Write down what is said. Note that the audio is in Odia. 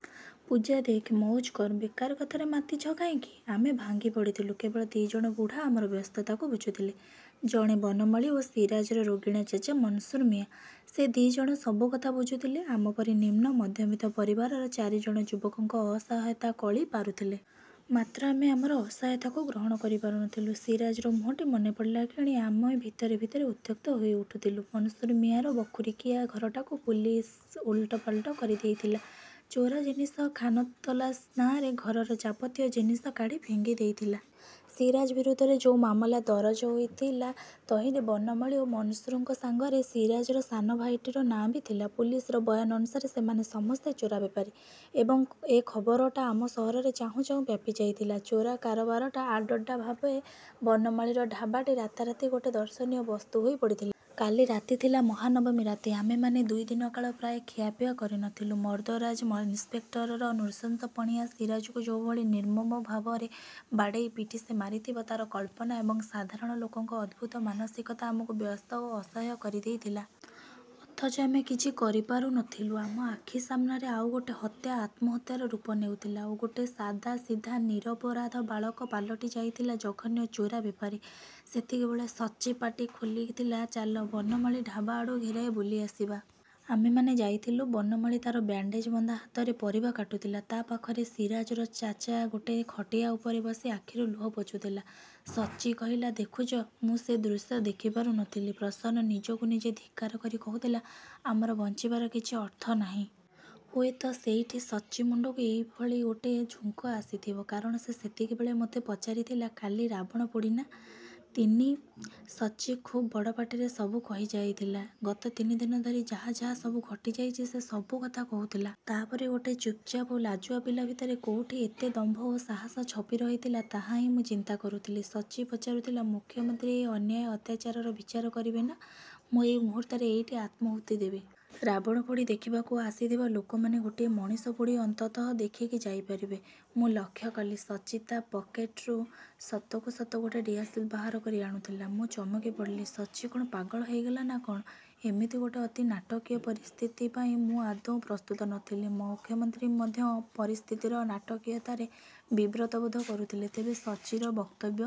ପୂଜା ଦେଖ, ମଉଜ କର। ବେକାର କଥାରେ ମାତିଛ କାହିଁକି? " ଆମେ ଭାଙ୍ଗିପଡ଼ିଥିଲୁ। କେବଳ ଦି ଜଣ ବୁଢ଼ା ଆମର ବ୍ୟସ୍ତତାକୁ ବୁଝୁଥିଲେ। ଜଣେ ବନମାଳୀ ଓ ସିରାଜର ରୋଗିଣା ଚାଚା ମନସୁର ମିଆଁ। ସେ ଦି ଜଣ ସବୁକଥା ବୁଝୁଥିଲେ। ଆମ ପରି ନିମ୍ନ ମଧ୍ୟବିତ୍ତ ପରିବାରର ଚାରିଜଣ ଯୁବକଙ୍କ ଅସହାୟତା କଳି ପାରୁଥିଲେ। ମାତ୍ର ଆମେ ଆମର ଅସହାୟତାକୁ ଗ୍ରହଣ କରିପାରୁ ନଥିଲୁ। ସିରାଜର ମୁହଁଟି ମନେପଡ଼ିଲା କ୍ଷଣି ଆମେ ଭିତରେ ଭିତରେ ଉତ୍ତ୍ୟକ୍ତ ହୋଇ ଉଠୁଥିଲୁ। ମନସୁର ମିଆଁର ବଖୁରିକିଆ ଘରଟାକୁ ପୁଲିସ ଓଲଟପାଲଟ କରି ଦେଇଥିଲା। ଚୋରା ଜିନିଷ ଖାନତଲାସ ନାଆଁରେ ଘରର ଯାବତୀୟ ଜିନିଷ କାଢ଼ି ଫିଙ୍ଗି ଦେଇଥିଲା। ସିରାଜ ବିରୋଧରେ ଯୋଉ ମାମଲା ଦରଜ ହୋଇଥିଲା ତହିଁରେ ବନମାଳୀ ଓ ମନସୁରଙ୍କ ସାଙ୍ଗରେ ସିରାଜର ସାନଭାଇଟିର ନାଁ ବି ଥିଲା। ପୁଲିସର ବୟାନ ଅନୁସାରେ ସେମାନେ ସମସ୍ତେ ଚୋରା ବେପାରୀ! ଏବଂ ଏ ଖବରଟା ଆମ ସହରରେ ଚାହୁଁ ଚାହୁଁ ବ୍ୟାପି ଯାଇଥିଲା। ଚୋରା କାରବାରର ଆଡ୍ଡ଼ା ଭାବେ ବନମାଳୀର ଢାବାଟି ରାତାରାତି ଗୋଟେ ଦର୍ଶନୀୟ ବସ୍ତୁ ହୋଇ ପଡ଼ିଥିଲା। କାଲି ରାତି ଥିଲା ମହାନବମୀ ରାତି। ଆମେମାନେ ଦୁଇଦିନ କାଳ ପ୍ରାୟ ଖିଆପିଆ କରି ନଥିଲୁ। ମର୍ଦ୍ଦରାଜ ଇନିସ୍ପେକ୍ଟରର ନୃଶଂସପଣିଆ, ସିରାଜକୁ ଯୋଉଭଳି ନିର୍ମମ ଭାବରେ ବାଡ଼େଇ ପିଟି ସେ ମାରିଥିବ ତାର କଳ୍ପନା ଏବଂ ସାଧାରଣ ଲୋକଙ୍କ ଅଦ୍ଭୁତ ମାନସିକତା ଆମକୁ ବ୍ୟସ୍ତ ଓ ଅସହାୟ କରିଦେଇଥିଲା। ଅଥଚ ଆମେ କିଛି କରିପାରୁ ନଥିଲୁ। ଆମ ଆଖି ସାମ୍ନାରେ ଆଉ ଗୋଟେ ହତ୍ୟା ଆତ୍ମହତ୍ୟାର ରୂପ ନେଉଥିଲା ଓ ଗୋଟେ ସାଦାସିଧା ନିରପରାଧ ବାଳକ ପାଲଟି ଯାଇଥିଲା ଜଘନ୍ୟ ଚୋରା ବେପାରୀ। ସେତିକିବେଳେ ସଚ୍ଚି ପାଟି ଖୋଲିଥିଲା, "ଚାଲ, ବନମାଳୀ ଢାବା ଆଡୁ ଘେରାଏ ବୁଲିଆସିବା। " ଆମେମାନେ ଯାଇଥିଲୁ। ବନମାଳୀ ତାର ବ୍ୟାଣ୍ଡେଜ୍ ବନ୍ଧା ହାତରେ ପରିବା କାଟୁଥିଲା-। ତା ପାଖରେ ସିରାଜର ଚାଚା ଗୋଟେ ଖଟିଆ ଉପରେ ବସି ଆଖିରୁ ଲୁହ ପୋଛୁଥିଲା-। ସଚ୍ଚି କହିଲା, "ଦେଖୁଛ! " ମୁଁ ସେ ଦୃଶ୍ୟ ଦେଖି ପାରୁନଥିଲି। ପ୍ରସନ୍ନ ନିଜକୁ ନିଜେ ଧିକ୍କାର କରି କହୁଥିଲା, "ଆମର ବଞ୍ଚିବାର କିଛି ଅର୍ଥ ନାହିଁ। " ହୁଏତ ସେଇଠି ସଚ୍ଚି ମୁଣ୍ଡକୁ ଏଭଳି ଗୋଟେ ଝୁଙ୍କ୍ ଆସିଥିବ। କାରଣ ସେ ସେତିକିବେଳେ ମୋତେ ପଚାରିଥିଲା, "କାଲି ରାବଣପୋଡ଼ି ନା? ତିନି। ସଚ୍ଚି ଖୁବ୍ ବଡ଼ ପାଟିରେ ସବୁ କହିଯାଇଥିଲା। ଗତ ତିନି ଦିନ ଧରି ଯାହା ଯାହା ସବୁ ଘଟିଯାଇଛି ସେ ସବୁ କଥା କହୁଥିଲା। ତା ପରି ଗୋଟେ ଚୁପ୍ଚାପ୍ ଓ ଲାଜୁଆ ପିଲା ଭିତରେ କୋଉଠି ଏତେ ଦମ୍ଭ ଓ ସାହସ ଛପି ରହିଥିଲା ତାହାହିଁ ମୁଁ ଚିନ୍ତା କରୁଥିଲି। ସଚ୍ଚି ପଚାରୁଥିଲା, "ମୁଖ୍ୟମନ୍ତ୍ରୀ ଏଇ ଅନ୍ୟାୟ ଅତ୍ୟାଚାରର ବିଚାର କରିବେ ନା ମୁଁ ଏଇ ମୁହୂର୍ତ୍ତରେ ଏଇଠି ଆତ୍ମାହୁତି ଦେବି? ରାବଣପୋଡ଼ି ଦେଖିବାକୁ ଆସିଥିବା ଲୋକମାନେ ଗୋଟିଏ ମଣିଷପୋଡ଼ି ଅନ୍ତତଃ ଦେଖିକି ଯାଇପାରିବେ। " ମୁଁ ଲକ୍ଷ୍ୟ କଲି, ସଚ୍ଚି ତା ପକେଟ୍ରୁ ସତକୁ ସତ ଗୋଟେ ଦିଆସିଲି ବାହାର କରି ଆଣୁଥିଲା। ମୁଁ ଚମକିପଡ଼ିଲି। ସଚ୍ଚି କଣ ପାଗଳ ହୋଇଗଲା ନା କଣ? ଏମିତି ଗୋଟେ ଅତି ନାଟକୀୟ ପରିସ୍ଥିତି ପାଇଁ ମୁଁ ଆଦୌ ପ୍ରସ୍ତୁତ ନଥିଲି। ମୁଖ୍ୟମନ୍ତ୍ରୀ ମଧ୍ୟ ପରିସ୍ଥିତିର ନାଟକୀୟତାରେ ବିବ୍ରତବୋଧ କରୁଥିଲେ। ତେବେ ସଚ୍ଚିର ବକ୍ତବ୍ୟ